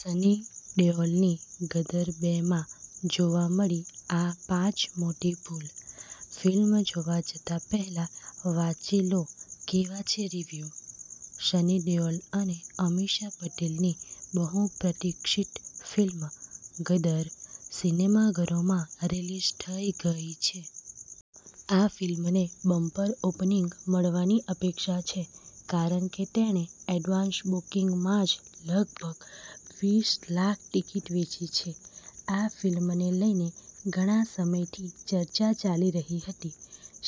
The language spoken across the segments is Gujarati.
સની દેઓલની ' ગદર બે' માં જોવા મળી આ પાંચ મોટી ભૂલ.ફિલ્મ જોવા જતા પહેલા વાંચી લો કેવા છે રિવ્યૂ. સની દેઓલ અને અમીષા પટેલની બહુપ્રતિક્ષિત ફિલ્મ ગદર સિનેમાઘરોમાં રિલીઝ થઈ ગઈ છે. આ ફિલ્મને બમ્પર ઓપનિંગ મળવાની અપેક્ષા છે કારણ કે તેણે એડવાન્સ બુકિંગમાં જ લગભગ વીસ લાખ ટિકિટ વેચી છે. આ ફિલ્મને લઈને ઘણા સમયથી ચર્ચા ચાલી રહી હતી.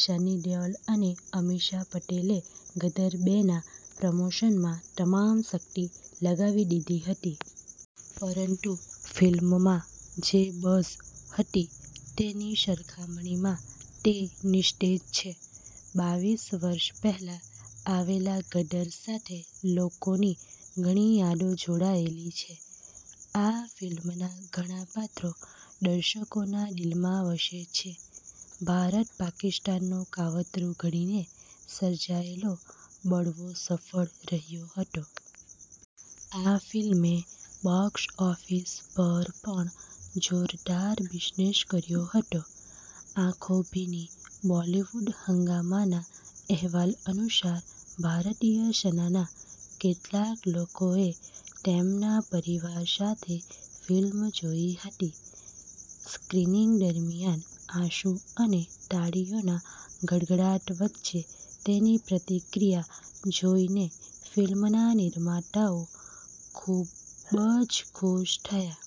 સની દેઓલ અને અમીષા પટેલે ગદર બેના પ્રમોશનમાં તમામ શક્તિ લગાવી દીધી હતી. પરંતુ ફિલ્મમાં જે બઝ હતી તેની સરખામણીમાં તે નિસ્તેજ છે. બાવીસ વર્ષ પહેલા આવેલા ગદર સાથે લોકોની ઘણી યાદો જોડાયેલી છે. આ ફિલ્મના ઘણા પાત્રો દર્શકોના દિલમાં વસે છે. ભારત-પાકિસ્તાનનું કાવતરું ઘડીને સર્જાયેલો બળવો સફળ રહ્યો હતો. આ ફિલ્મે બોક્સ ઓફિસ પર પણ જોરદાર બિઝનેસ કર્યો હતો. આંખો ભીની બોલિવૂડ હંગામાના અહેવાલ અનુસાર, ભારતીય સેનાના કેટલાક લોકોએ તેમના પરિવાર સાથે ફિલ્મ જોઈ હતી. સ્ક્રિનિંગ દરમિયાન આંસુ અને તાળીઓના ગડગડાટ વચ્ચે તેની પ્રતિક્રિયા જોઈને ફિલ્મના નિર્માતાઓ ખૂબ જ ખુશ થયા.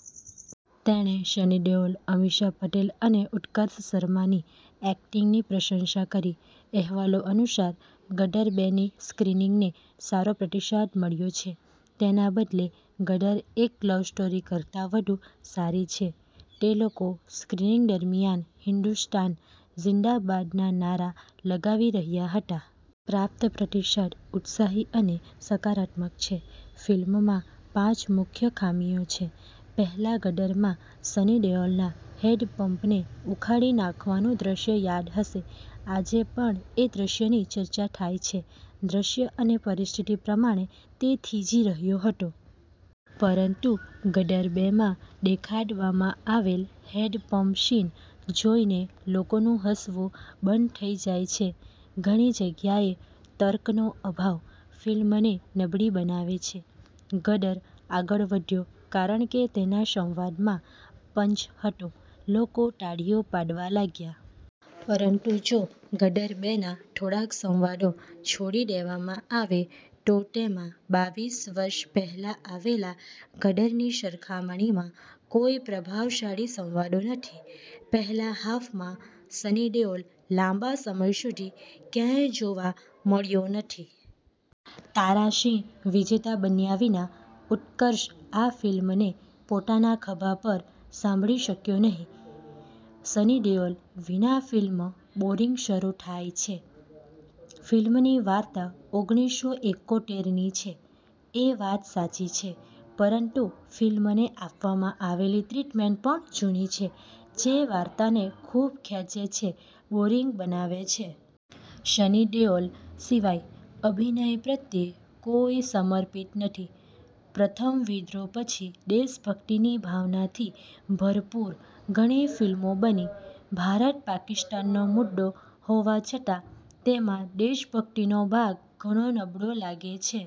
તેણે સની દેઓલ, અમીષા પટેલ અને ઉત્કર્ષ શર્માની એક્ટિંગની પ્રશંસા કરી. અહેવાલો અનુસાર, ગદર બે ની સ્ક્રીનિંગને સારો પ્રતિસાદ મળ્યો છે. તેના બદલે 'ગદર- એક લવ સ્ટોરી' કરતાં વધુ સારી છે. તે લોકો સ્ક્રીનિંગ દરમિયાન હિન્દુસ્તાન ઝિંદાબાદના નારા લગાવી રહ્યા હતા. પ્રાપ્ત પ્રતિસાદ ઉત્સાહી અને સકારાત્મક છે. ફિલ્મમાં પાંચ મુખ્ય ખામીઓ છે પહેલા ગદરમાં સની દેઓલના હેન્ડપંપને ઉખાડી નાખવાનું દ્રશ્ય યાદ હશે. આજે પણ એ દ્રશ્યની ચર્ચા થાય છે. દ્રશ્ય અને પરિસ્થિતિ પ્રમાણે તે થીજી રહ્યો હતો. પરંતુ ગદર બે માં દેખાડવામાં આવેલ હેન્ડપમ્પ સીન જોઈને લોકોનું હસવું બંધ થઈ જાય છે. ઘણી જગ્યાએ તર્કનો અભાવ ફિલ્મને નબળી બનાવે છે. ગદર આગળ વધ્યો કારણ કે તેના સંવાદમાં પંચ હતો. લોકો તાળીઓ પાડવા લાગ્યા. પરંતુ જો ગદર બે ના થોડાક સંવાદો છોડી દેવામાં આવે તો તેમાં બાવીસ વર્ષ પહેલા આવેલા ગદરની સરખામણીમાં કોઈ પ્રભાવશાળી સંવાદો નથી. પહેલા હાફમાં સની દેઓલ લાંબા સમય સુધી ક્યાંય જોવા મળ્યો નથી. તારા સિંહ વિજેતા બન્યા વિના, ઉત્કર્ષ આ ફિલ્મને પોતાના ખભા પર સાંભળી શક્યો નહીં. સની દેઓલ વિના ફિલ્મ બોરિંગ શરૂ થાય છે. ફિલ્મની વાર્તા ઓગણીસો એકોતેર ની છે, એ વાત સાચી છે, પરંતુ ફિલ્મને આપવામાં આવેલી ટ્રીટમેન્ટ પણ જૂની છે, જે વાર્તાને ખૂબ ખેંચે છે, બોરિંગ બનાવે છે. સની દેઓલ સિવાય અભિનય પ્રત્યે કોઈ સમર્પિત નથી. પ્રથમ વિદ્રોહ પછી દેશભક્તિની ભાવનાથી ભરપૂર ઘણી ફિલ્મો બની. ભારત-પાકિસ્તાનનો મુદ્દો હોવા છતાં તેમાં દેશભક્તિનો ભાગ ઘણો નબળો લાગે છે.